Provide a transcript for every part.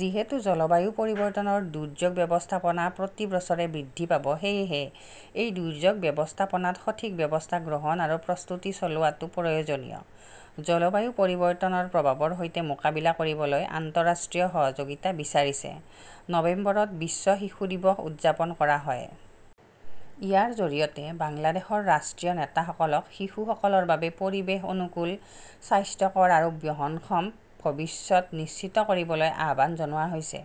যিহেতু জলবায়ু পৰিৱৰ্তনৰ দুৰ্যোগ ব্যৱস্থাপনা প্ৰতি বছৰে বৃদ্ধি পাব, সেয়েহে এই দুৰ্যোগ ব্যৱস্থাপনাত সঠিক ব্যৱস্থা গ্ৰহণ আৰু প্ৰস্তুতি চলোৱাটো প্ৰয়োজনীয়। জলবায়ু পৰিৱৰ্তনৰ প্ৰভাৱৰ সৈতে মোকাবিলা কৰিবলৈ আন্তঃৰাষ্ট্ৰীয় সহযোগিতা বিচাৰিছে। নৱেম্বৰত বিশ্ব শিশু দিৱস উদযাপন কৰা হয়। ইয়াৰ জৰিয়তে বাংলাদেশৰ ৰাষ্ট্ৰীয় নেতাসকলক শিশুসকলৰ বাবে পৰিৱেশ অনুকূল, স্বাস্থ্যকৰ আৰু বহনক্ষম ভৱিষ্যত নিশ্চিত কৰিবলৈ আহ্বান জনোৱা হৈছে।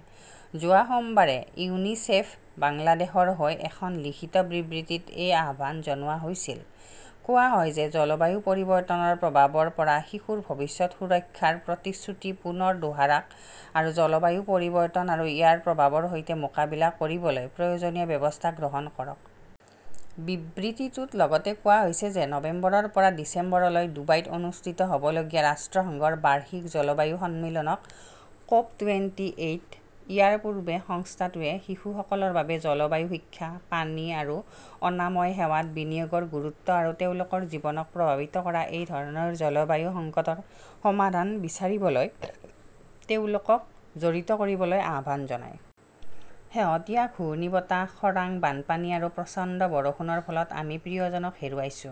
যোৱা সোমবাৰে ইউনিচেফ বাংলাদেশৰ হৈ এখন লিখিত বিবৃতিত এই আহ্বান জনোৱা হৈছিল। কোৱা হয় যে, জলবায়ু পৰিৱৰ্তনৰ প্ৰভাৱৰ পৰা শিশুৰ ভৱিষ্যত সুৰক্ষাৰ প্ৰতিশ্ৰুতি পুনৰ দোহাৰক আৰু জলবায়ু পৰিৱৰ্তন আৰু ইয়াৰ প্ৰভাৱৰ সৈতে মোকাবিলা কৰিবলৈ প্ৰয়োজনীয় ব্যৱস্থা গ্ৰহণ কৰক। বিবৃতিটোত লগতে কোৱা হৈছে যে, নৱেম্বৰৰ পৰা ডিচেম্বৰলৈ ডুবাইত অনুষ্ঠিত হ'বলগীয়া ৰাষ্ট্ৰসংঘৰ বাৰ্ষিক জলবায়ু সন্মিলন ক'প টুৱেন্টি এইট'। ইয়াৰ পূৰ্বে সংস্থাটোৱে শিশুসকলৰ বাবে জলবায়ু শিক্ষা, পানী আৰু অনাময় সেৱাত বিনিয়োগৰ গুৰুত্ব আৰু তেওঁলোকৰ জীৱনক প্ৰভাৱিত কৰা এই ধৰণৰ জলবায়ু সংকটৰ সমাধান বিচাৰিবলৈ তেওঁলোকক জড়িত কৰিবলৈ আহ্বান জনায়। শেহতীয়া ঘূৰ্ণীবতাহ, খৰাং, বানপানী আৰু প্ৰচণ্ড বৰষুণৰ ফলত আমি প্ৰিয়জনক হেৰুৱাইছো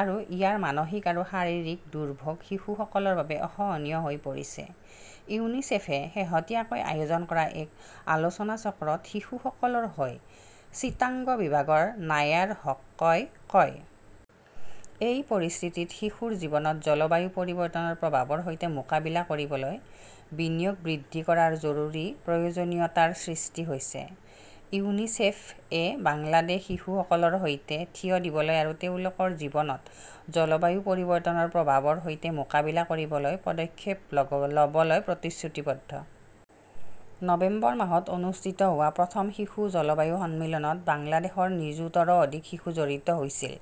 আৰু ইয়াৰ মানসিক আৰু শাৰীৰিক দুৰ্ভোগ শিশুসকলৰ বাবে অসহনীয় হৈ পৰিছে, ইউনিচেফে শেহতীয়াকৈ আয়োজন কৰা এক আলোচনাচক্ৰত শিশুসকলৰ হৈ চিটাগং বিভাগৰ নায়াৰ হকই কয়। এই পৰিস্থিতিত শিশুৰ জীৱনত জলবায়ু পৰিৱৰ্তনৰ প্ৰভাৱৰ সৈতে মোকাবিলা কৰিবলৈ, বিনিয়োগ বৃদ্ধি কৰাৰ জৰুৰী প্ৰয়োজনীয়তাৰ সৃষ্টি হৈছে। ইউনিচেফএ বাংলাদেশ শিশুসকলৰ সৈতে থিয় দিবলৈ আৰু তেওঁলোকৰ জীৱনত জলবায়ু পৰিৱৰ্তনৰ প্ৰভাৱৰ সৈতে মোকাবিলা কৰিবলৈ পদক্ষেপ ল'বলৈ প্ৰতিশ্ৰুতিবদ্ধ। নৱেম্বৰ মাহত অনুষ্ঠিত হোৱা প্ৰথম শিশু জলবায়ু সন্মিলনত, বাংলাদেশত নিযুতৰো অধিক শিশু জড়িত হৈছিল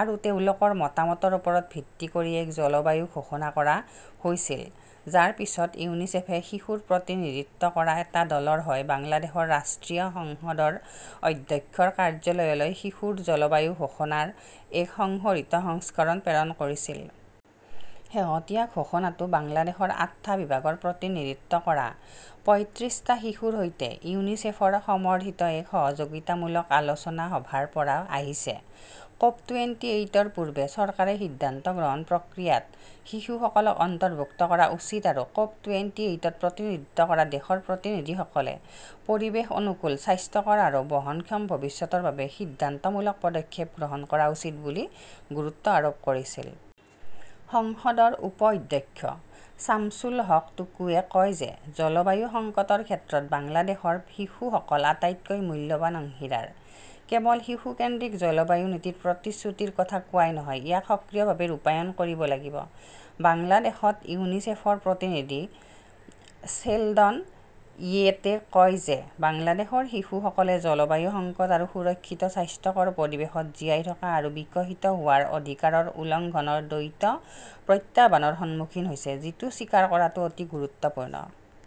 আৰু তেওঁলোকৰ মতামতৰ ওপৰত ভিত্তি কৰি এক জলবায়ু ঘোষণা প্ৰস্তুত কৰা হৈছিল, যাৰ পিছত ইউনিছেফে শিশুৰ প্ৰতিনিধিত্ব কৰা এটা দলৰ হৈ বাংলাদেশৰ ৰাষ্ট্ৰীয় সংসদৰ অধ্যক্ষৰ কাৰ্যালয়লৈ শিশুৰ জলবায়ু ঘোষণাৰ এক সংশোধিত সংস্কৰণ প্ৰেৰণ কৰিছিল। শেহতীয়া ঘোষণাটো বাংলাদেশৰ আঠটা বিভাগৰ প্ৰতিনিধিত্ব কৰা পঁইত্ৰিছ টা শিশুৰ সৈতে ইউনিচেফৰ সমৰ্থিত এক সহযোগিতামূলক আলোচনা সভাৰ পৰা আহিছে। ক'প টুৱেন্টি এইটৰ পূৰ্বে চৰকাৰে সিদ্ধান্ত গ্ৰহণ প্ৰক্ৰিয়াত শিশুসকলক অন্তৰ্ভুক্ত কৰা উচিত আৰু ক'প টুৱেন্টি এইটত প্ৰতিনিধিত্ব কৰা দেশৰ প্ৰতিনিধিসকলে পৰিৱেশ অনুকূল, স্বাস্থ্যকৰ আৰু বহনক্ষম ভৱিষ্যতৰ বাবে সিদ্ধান্তমূলক পদক্ষেপ গ্ৰহণ কৰা উচিত বুলি গুৰুত্ব আৰোপ কৰিছিল। সংসদৰ উপ-অধ্যক্ষ শামছুল হক টুকুয়ে কয় যে, জলবায়ু সংকটৰ ক্ষেত্ৰত বাংলাদেশৰ শিশুসকল আটাইতকৈ মূল্যৱান অংশীদাৰ। কেৱল শিশু-কেন্দ্ৰিক জলবায়ু নীতিৰ প্ৰতিশ্ৰুতিৰ কথা কোৱাই নহয়, ইয়াক সক্ৰিয়ভাৱে ৰূপায়ণ কৰিব লাগিব। বাংলাদেশত ইউনিচেফৰ প্ৰতিনিধি শ্বেলডন য়েইটে কয় যে, বাংলাদেশৰ শিশুসকলে জলবায়ু সংকট আৰু সুৰক্ষিত স্বাস্থ্যকৰ পৰিৱেশত জীয়াই থকা আৰু বিকশিত হোৱাৰ অধিকাৰৰ উলংঘনৰ দ্বৈত প্ৰত্যাহ্বানৰ সন্মুখীন হৈছে, যিটো স্বীকাৰ কৰাটো অতি গুৰুত্বপূৰ্ণ।